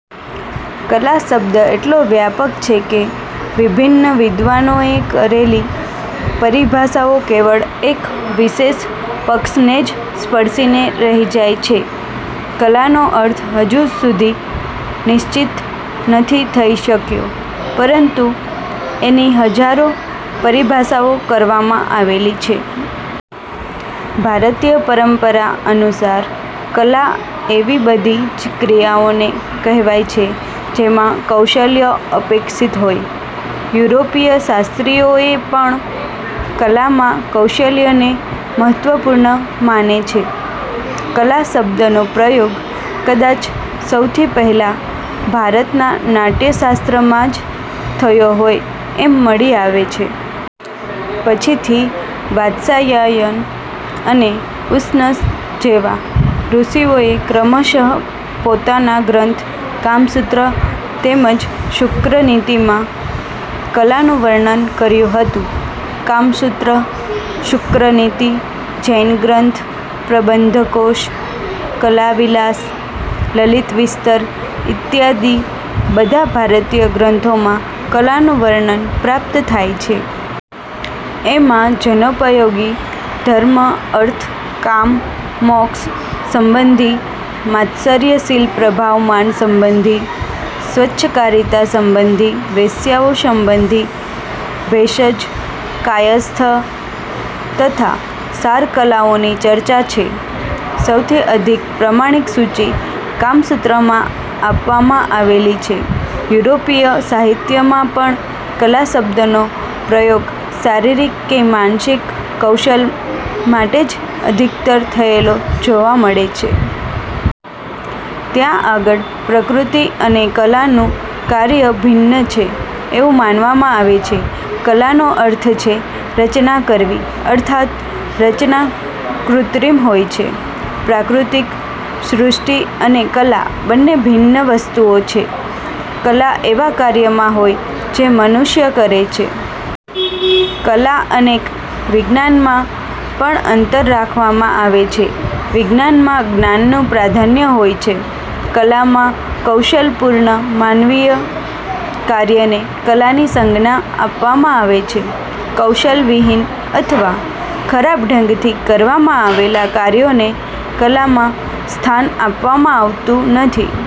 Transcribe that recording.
કલા શબ્દ એટલો વ્યાપક છે કે વિભિન્ન વિદ્વાનોએ કરેલી પરિભાષાઓ કેવળ એક વિશેષ પક્ષને જ સ્પર્શીને રહી જાય છે. કલાનો અર્થ હજુ સુધી નિશ્ચિત નથી થઇ શક્યો, પરંતુ એની હજારો પરિભાષાઓ કરવામાં આવેલી છે. ભારતીય પરંપરા અનુસાર કલા એવી બધી જ ક્રિયાઓને કહેવાય છે, જેમાં કૌશલ્ય અપેક્ષિત હોય. યુરોપીય શાસ્ત્રીઓએ પણ કલામાં કૌશલ્યને મહત્વપૂર્ણ માને છે. કલા શબ્દનો પ્રયોગ કદાચ સૌથી પહેલાં ભરતના " નાટ્યશાસ્ત્ર "માં જ થયો હોય એમ મળી આવે છે. પછીથી વાત્સ્યાયન અને ઉશનસ જેવા ઋષિઓએ ક્રમશ: પોતાના ગ્રંથ " કામસૂત્ર " તેમ જ "શુક્રનીતિ"માં કલાનું વર્ણન કર્યું હતું. "કામસૂત્ર", "શુક્રનીતિ", જૈન ગ્રંથ "પ્રબંધકોશ", "કલાવિલાસ", "લલિતવિસ્તર" ઇત્યાદિ બધા ભારતીય ગ્રંથોમાં કલાનું વર્ણન પ્રાપ્ત થાય છે. એમાં જનોપયોગી, ધર્મ, અર્થ, કામ, મોક્ષ, સંબંધી, માત્સર્ય-શીલ-પ્રભાવમાન સંબંધી, સ્વચ્છકારિતા સંબંધી, વેશ્યાઓ સંબંધી, ભેષજ, કાયસ્થ તથા સાર કલાઓની ચર્ચા છે. સૌથી અધિક પ્રમાણિક સૂચી "કામસૂત્ર"માં આપવામાં આવેલી છે. યુરોપીય સાહિત્યમાં પણ કલા શબ્દનો પ્રયોગ શારીરિક કે માનસિક કૌશલ માટે જ અધિકતર થયેલો જોવા મળે છે. ત્યાં આગળ પ્રકૃતિ અને કલાનું કાર્ય ભિન્ન છે એવું માનવામાં આવે છે. કલાનો અર્થ છે રચના કરવી અર્થાત્ રચના કૃત્રિમ હોય છે. પ્રાકૃતિક સૃષ્ટિ અને કલા બન્ને ભિન્ન વસ્તુઓ છે. કલા એવા કાર્યમાં હોય જે મનુષ્ય કરે છે. કલા અને વિજ્ઞાનમાં પણ અંતર રાખવામાં આવે છે. વિજ્ઞાનમાં જ્ઞાનનું પ્રાધાન્ય હોય છે, કલામાં કૌશલપૂર્ણ માનવીય કાર્યને કલાની સંજ્ઞા આપવામાં આવે છે. કૌશલવિહીન અથવા ખરાબ ઢંગથી કરવામાં આવેલા કાર્યોને કલામાં સ્થાન આપવામાં આવતું નથી.